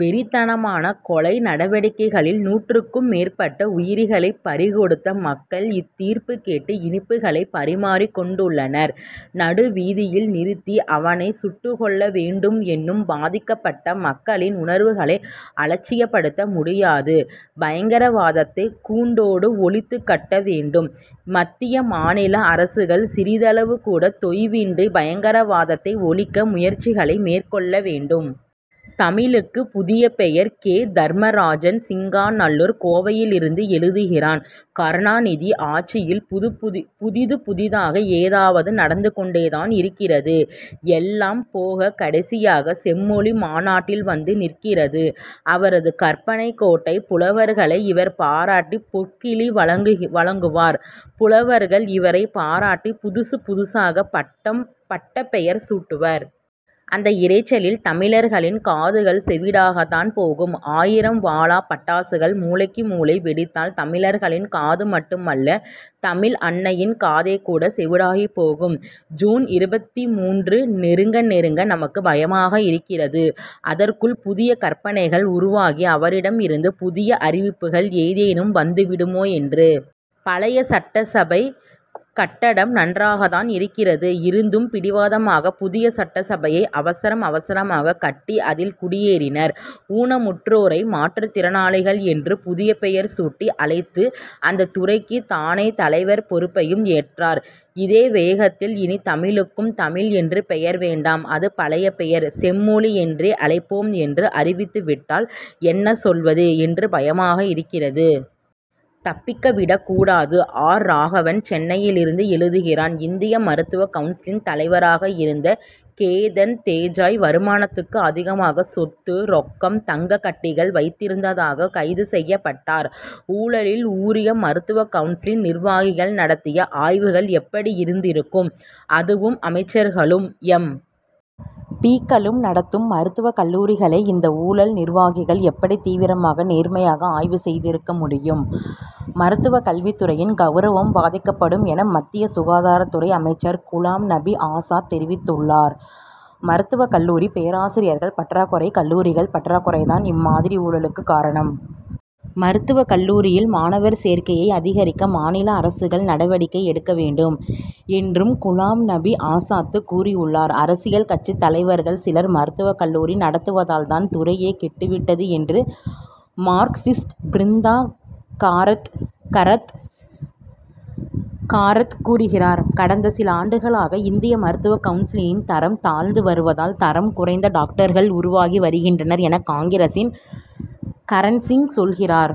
வெறித்தனமான கொலை நடவடிக்கைகளில் நூற்றுக்கும் மேற்பட்ட உயிர்களைப் பறி கொடுத்த மக்கள் இத்தீர்ப்புக் கேட்டு இனிப்புகளை பரிமாறிக் கொண்டுள்ளனர். நடுவீதியில் நிறுத்தி அவனைச் சுட்டுக்கொல்ல வேண்டும் எனும் பாதிக்கப்பட்ட மக்களின் உணர்வுகளை அலட்சியப்படுத்த முடியாது. பயங்கரவாதத்தை கூண்டோடு ஒழித்துக் கட்ட வேண்டும். மத்திய மாநில அரசுகள் சிறிதளவுகூட தொய்வின்றி பயங்கரவாதத்தை ஒழிக்க முயற்சிகளை மேற்கொள்ள வேண்டும். தமிழுக்குப் புதிய பெயர் கே. தர்மராஜன் சிங்காநல்லூர் கோவையிலிருந்து எழுதுகிறார் கருணாநிதி ஆட்சியில் புதிது புதிதாக ஏதாவது நடந்து கொண்டே தான் இருக்கிறது. எல்லாம் போக கடைசியாக செம்மொழி மாநாட்டில் வந்து நிற்கிறது அவரது கற்பனைக் கோட்டை. புலவர்களை இவர் பாராட்டி பொற்கிழி வழங்குவார். புலவர்கள் இவரைப் பாராட்டி புதுசு புதுசாக பட்டப் பெயர் சூட்டுவர். அந்த இரைச்சலில் தமிழர்களின் காதுகள் செவிடாகத்தான் போகும். ஆயிரம் வாலா பட்டாசுகள் மூலைக்கு மூலை வெடித்தால் தமிழர்களின் காது மட்டுமல்ல தமிழ் அன்னையின் காதே கூட செவிடாகிப்போகும். ஜூன் இருபத்து மூன்று நெருங்க நெருங்க நமக்கு பயமாக இருக்கிறது. அதற்குள் புதிய கற்பனைகள் உருவாகி அவரிடமிருந்து புதிய அறிவிப்புகள் ஏதேனும் வந்து விடுமோ என்று. பழைய சட்டசபைக் கட்டடம் நன்றாகதான் இருக்கிறது. இருந்தும் பிடிவாதமாக புதிய சட்டசபையை அவசரம் அவசரமாகக் கட்டி அதில் குடியேறினார். ஊனமுற்றோரை மாற்றுத் திறனாளிகள் என்று புதிய பெயர் சூட்டி அழைத்து அந்த துறைக்கு தானே தலைவர் பொறுப்பையும் ஏற்றார். இதே வேகத்தில் இனி தமிழுக்கு தமிழ் என்று பெயர் வேண்டாம் அது பழைய பெயர் செம்மொழி என்றே அழைப்போம் என்று அறிவித்துவிட்டால் என்ன சொல்வது என்று பயமாக இருக்கிறது. தப்பிக்க விடக் கூடாது ஆர். ராகவன் சென்னை யிலிருந்து எழுதுகிறார் இந்திய மருத்துவக் கவுன்சில் தலைவராக இருந்த கேதன் தேசாய் வருமானத்துக்கு அதிகமாக சொத்து ரொக்கம் தங்கக்கட்டிகள் வைத்திருந்ததாக கைது செய்யப்பட்டார். ஊழலில் ஊறிய மருத்துவக் கவுன்சில் நிர்வாகிகள் நடத்திய ஆய்வுகள் எப்படி இருந்திருக்கும். அதுவும் அமைச்சர்களும் எம். பி.க்களும் நடத்தும் மருத்துவக் கல்லூரிகளை இந்த ஊழல் நிர்வாகிகள் எப்படி தீவிரமாக நேர்மையாக ஆய்வு செய்திருக்க முடியும். மருத்துவக் கல்வித்துறையின் கவுரவம் பாதுகாக்கப்படும் என மத்திய சுகாதாரத்துறை அமைச்சர் குலாம் நபி ஆசாத் தெரிவித்துள்ளார். மருத்துவக் கல்லூரி பேராசிரியர்கள் பற்றாக்குறை கல்லூரிகள் பற்றாக்குறை தான் இம்மாதிரி ஊழலுக்கு காரணம். மருத்துவக் கல்லூரியில் மாணவர் சேர்க்கையை அதிகரிக்க மாநில அரசுகள் நடவடிக்கை எடுக்க வேண்டும் என்றும் குலாம் நபி ஆசாத் கூறியுள்ளார். அரசியல் கட்சித் தலைவர்கள் சிலர் மருத்துவக் கல்லூரி நடத்துவதால் தான் துறையே கெட்டு விட்டது என்று மார்க்சிஸ்ட் பிருந்தா கராத் கூறுகிறார். கடந்த சில ஆண்டுகளாக இந்திய மருத்துவக் கவுன்சிலின் தரம் தாழ்ந்து வருவதால் தரம் குறைந்த டாக்டர்கள் உருவாகி வருகின்றனர் என காங்கிரசின் கரண்சிங் சொல்கிறார்.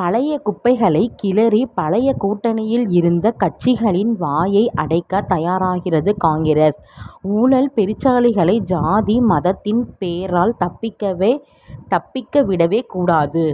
பழைய குப்பைகளைக் கிளறி பழைய கூட்டணியில் இருந்த கட்சிகளின் வாயை அடைக்க தயாராகிறது காங்கிரஸ். ஊழல் பெருச்சாளிகளை ஜாதி மதத்தின் பேரால் தப்பிக்க விடவே கூடாது.